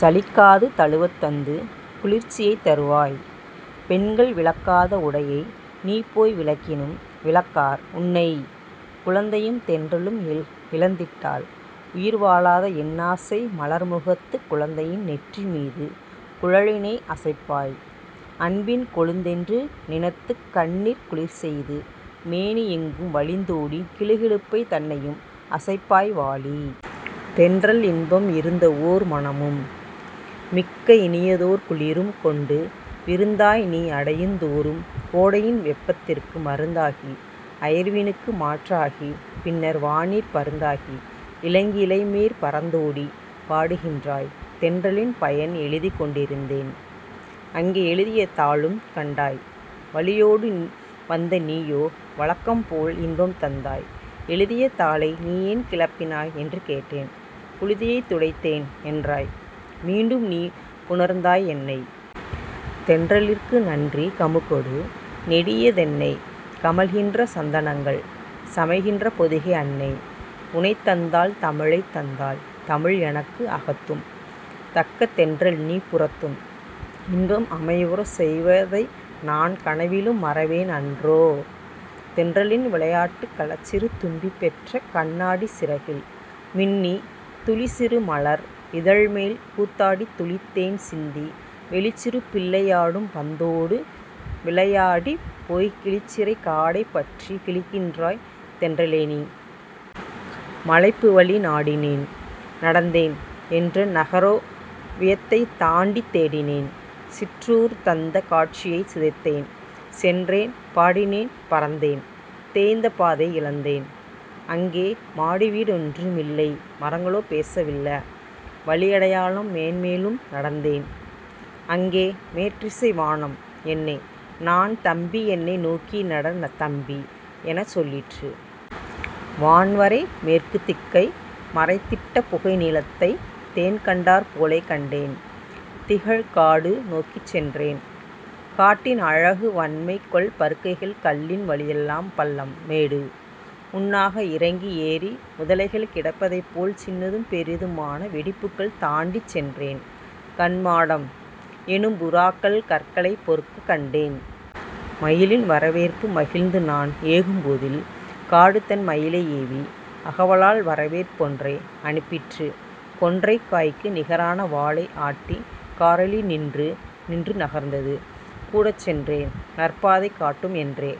சலிக்காது தழுவத் தந்து குளிர்ச்சியைத் தருவாய்! பெண்கள் விலக்காத உடையை நீபோய் விலக்கினும், விலக்கார் உன்னை! குழந்தையும் தென்றலும் இழந்திட்டால் உயிர்வா ழாத என்னாசை மலர்மு கத்துக் குழந்தையின் நெற்றி மீது குழலினை அசைப்பாய்; அன்பின் கொழுந்தென்று நினத்துக், கண்ணிற் குளிர்செய்து, மேனி யெங்கும் வழிந்தோடிக் கிலு கிலுப்பை தன்னையு ம் அசைப்பாய் வாழி. தென்றல் இன்பம் இருந்தஓர் மனமும், மிக்க இனியதோர் குளிரும் கொண்டு விருந்தாய்நீ அடையுந் தோறும் கோடையின் வெப்பத் திற்கு மருந்தாகி அயர்வி னுக்கு மாற்றாகிப் பின்னர் வானிற் பருந்தாகி இளங்கி ளைமேற் பறந்தோடிப் பாடு கின்றாய்! தென்றலின் பயன் எழுதிக்கொண் டிருந்தேன்; அங்கே எழுதிய தாளும் கண்டாய்; வழியோடு வந்த நீயோ வழக்கம்போல் இன்பம் தந்தாய்; "எழுதிய தாளை நீ ஏன் கிளப்பினை" என்று கேட்டேன், "புழுதியைத் துடைத்தேன்" என்றாய்; மீண்டும்நீ புணர்ந்தாய் என்னை! தென்றலிற்கு நன்றி கமுகொடு, நெடிய தென்னை, கமழ்கின்ற சந்த னங்கள், சமைகின்ற பொதிகை அன்னை, உனைத்தந்தாள் தமிழைத் தந்தாள் தமிழ் எனக்கு அகத்தும், தக்க தென்றல்நீ புறத்தும், இன்பம் அமைவுறச் செய்வ தைநான் கனவிலும் மறவேன் அன்றோ? தென்றலின் விளையாட்டு களச்சிறு தும்பி பெற்ற கண்ணாடிச் சிறகில் மின்னித், துளிச்சிறு மலர் இதழ்மேல் கூத்தாடித் துளிதேன் சிந்தி, வெளிச்சிறு பிள்ளை யாடும் பந்தோடு விளயா டிப், போய்க் கிளிச்சிற காடை பற்றிக் கிழிக்கின்றாய் தென்ற லேநீ! மலைப்பு வழி நாடினேன்; நடந்தேன்; என்றன் நகரஓ வியத்தைத் தாண்டித் தேடினேன்; சிற்றுர் தந்த காட்சியைச் சிதைத்தேன்; சென்றேன்; பாடினேன்; பறந்தேன்; தேய்ந்த பாதையை இழந்தேன். அங்கே மாடிவீ டொன்று மில்லை மரங்களோ பேசவில்ல! வழியடையாளம் மேன் மேலும் நடந்தேன்; அங்கே 'மேற்றிசை வானம்' என்னை "நான் தம்பி என்னை நோக்கி நட தம்பி" எனச்சொல் லிற்று! வான்வரை மேற்குத் திக்கை மறைத்திட்ட புகைநீ லத்தைத் தேன்கண்டாற் போலே கண்டேன், திகழ் காடு நோக்கிச் சென்றேன். காட்டின் அழகு வன்மை கொள் பருக்கைக்கள் கல்லின் வழியெல்லாம் பள்ளம், மேடு! முன்னாக இறங்கி ஏறி முதலைகள் கிடப்ப தைப்போல் சின்னதும் பெரிது மான வெடிப்புக்கள் தாண்டிச் சென்றேன்; "கன்மாடம்" எனும்பு றாக்கள் கற்களைப் பொறுக்கக் கண்டேன். மயிலின் வரவேற்பு மகிழ்ந்துநான் ஏகும் போதில் காடுதன் மயிலை ஏவி அகவலால் வரவேற் பொன்றை அனுப்பிற்று கொன்றைக் காய்க்கு நிகரான வாலை ஆட்டிக் காரெலி நின்று நின்று நகர்ந்தது. கூடச் சென்றேன் நற்பாதை காட்டும் என்றே.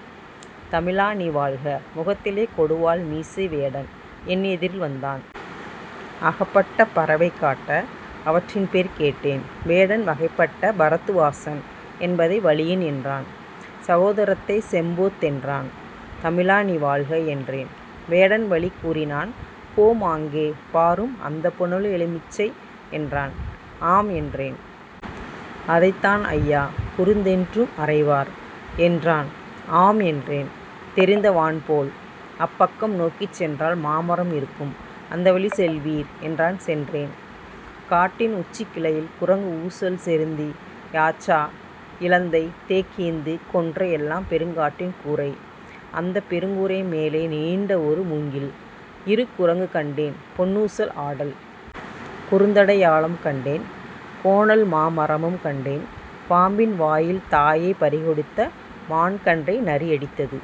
தமிழா நீ வாழ்க முகத்திலே கொடுவாள் மீசை வேடன், என் எதிரில் வந்தான். அகப்பட்ட பறவை காட்ட, அவற்றின்பேர் கேட்டேன்! வேடன் வகைபட்ட பரத்து வாசன் என்பதை வலியன் என்றான்; சகோ தரத்தைச் செம்போத் தென்றான்! தமிழா நீ வாழ்க என்றேன். வேடன் வழி கூறினான் "போம் ஆங்கே! பாரும் அந்தப் புன எலு மிச்சை" என்றான். " ஆம்" என்றேன்". "அதைத்தான் ஐயா குருந்தென்றும் அறைவார்" என்றான் "ஆம்" என்றேன் தெரிந்த வான்போல்! "அப்பக்கம் நோக்கிச் சென்றால் மாமரம் இருக்கும் அந்த வழிச்செல்வீர்" என்றான் சென்றேன். காட்டின் உச்சிக்கிளையில் குரங்கு ஊசல் செருந்தி, யாச்சா, இலந்தை, தேக்கீந்து கொன்றை யெல்லாம் பெருங்காட்டின் கூரை! அந்தப் பெருங்கூரை மேலே நீண்ட ஒரு முங்கில்; இரு குரங்கு கண்டேன் பொன் னுசல் ஆடல்! குருந்தடையாளம் கண்டேன் கோணல்மா மரமும் கண்டேன்! பாம்பின் வாயில் தாயைப் பறிகொடுத்த மான்கன்றை நரியடித்தது